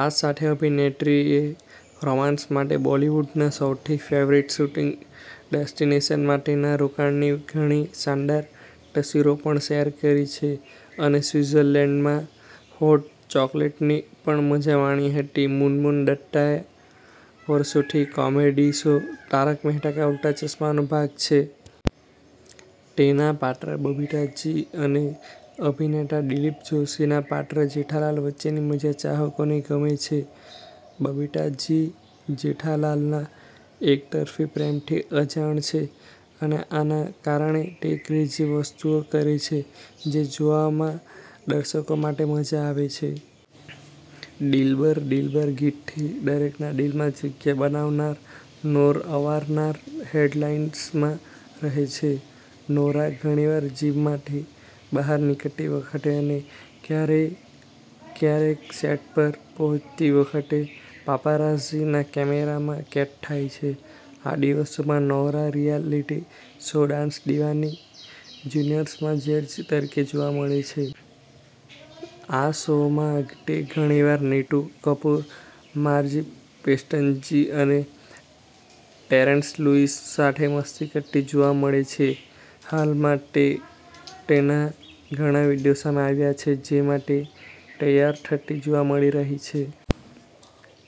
આ સાથે અભિનેત્રીએ રોમાન્સ માટે બોલિવૂડના સૌથી ફેવરિટ શૂટિંગ ડેસ્ટિનેશનમાં તેના રોકાણની ઘણી શાનદાર તસવીરો પણ શેર કરી છે. અને સ્વિત્ઝર્લેન્ડમાં હોટ ચોકલેટની પણ મજા માણી હતી. મુનમુન દત્તા વર્ષોથી કોમેડી શો 'તારક મહેતા કા ઉલ્ટા ચશ્મા'નો ભાગ છે. તેના પાત્ર બબીતા જી અને અભિનેતા દિલીપ જોશીના પાત્ર જેઠાલાલ વચ્ચેની મજા ચાહકોને ગમે છે. બબીતા જી જેઠાલાલના એકતરફી પ્રેમથી અજાણ છે અને આના કારણે તે ક્રેઝી વસ્તુઓ કરે છે, જે જોવામાં દર્શકો માટે મજા આવે છે. દિલબર દિલબર ગીતથી દરેકના દિલમાં જગ્યા બનાવનાર નોરા અવારનવાર હેડલાઈન્સમાં રહે છે. નોરા ઘણીવાર જીમમાંથી બહાર નીકળતી વખતે અને ક્યારેક સેટ પર પહોંચતી વખતે પાપારાઝીના કેમેરામાં કેદ થાય છે. આ દિવસોમાં Nora reality show dance Deewane જુનિયર્સમાં જજ તરીકે જોવા મળે છે. આ શોમાં તે ઘણીવાર નીતુ કપૂર, માર્ઝી પેસ્ટનજી અને ટેરેન્સ લુઈસ સાથે મસ્તી કરતી જોવા મળે છે. હાલમાં જ તેના ઘણા વીડિયો સામે આવ્યા છે જેમાં તે તૈયાર થતી જોવા મળી રહી છે.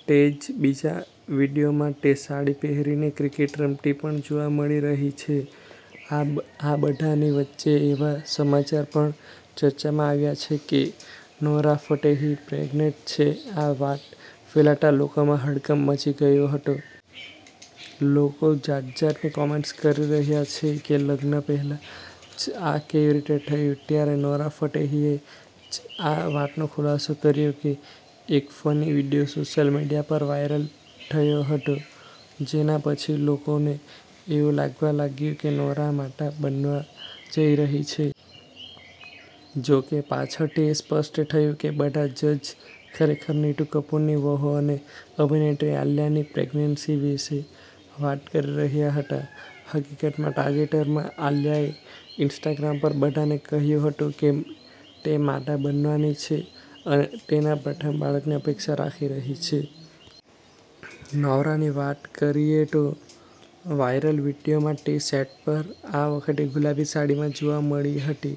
તે જ બીજા વીડિયોમાં તે સાડી પહેરીને ક્રિકેટ રમતી પણ જોવા મળી રહી છે. આ બધાની વચ્ચે એવા સમાચાર પણ ચર્ચામાં આવ્યા છે કે નોરા ફતેહી પ્રેગ્નેન્ટ છે. આ વાત ફેલાતા લોકોમાં હડકંપ મચી ગયો હતો. લોકો જાત જાતની કોમેન્ટ કરી રહ્યા છે, કે લગ્ન પહેલા જ આ કેવી રીતે થયું? ત્યારે નોરા ફતેહીએ જ આ વાતનો ખુલાસો કર્યો છે. એક ફની વિડીયો સોશિયલ મીડિયામાં વાયરલ થયો હતો, જેના પછી લોકોને એવું લાગવા લાગ્યું કે નોરા માતા બનવા જઈ રહી છે. જોકે, પાછળથી એ સ્પષ્ટ થયું કે બધા જજ ખરેખર નીતુ કપૂરની વહુ અને અભિનેત્રી આલિયાની પ્રેગ્નન્સી વિશે વાત કરી રહ્યા હતા. હકીકતમાં, તાજેતરમાં આલિયાએ ઇન્સ્ટાગ્રામ પર બધાને કહ્યું હતું કે તે માતા બનવાની છે અને તેના પ્રથમ બાળકની અપેક્ષા રાખી રહી છે. નોરાની વાત કરીએ તો વાયરલ વિડીયોમાં તે સેટ પર આ વખતે ગુલાબી સાડીમાં જોવા મળી હતી.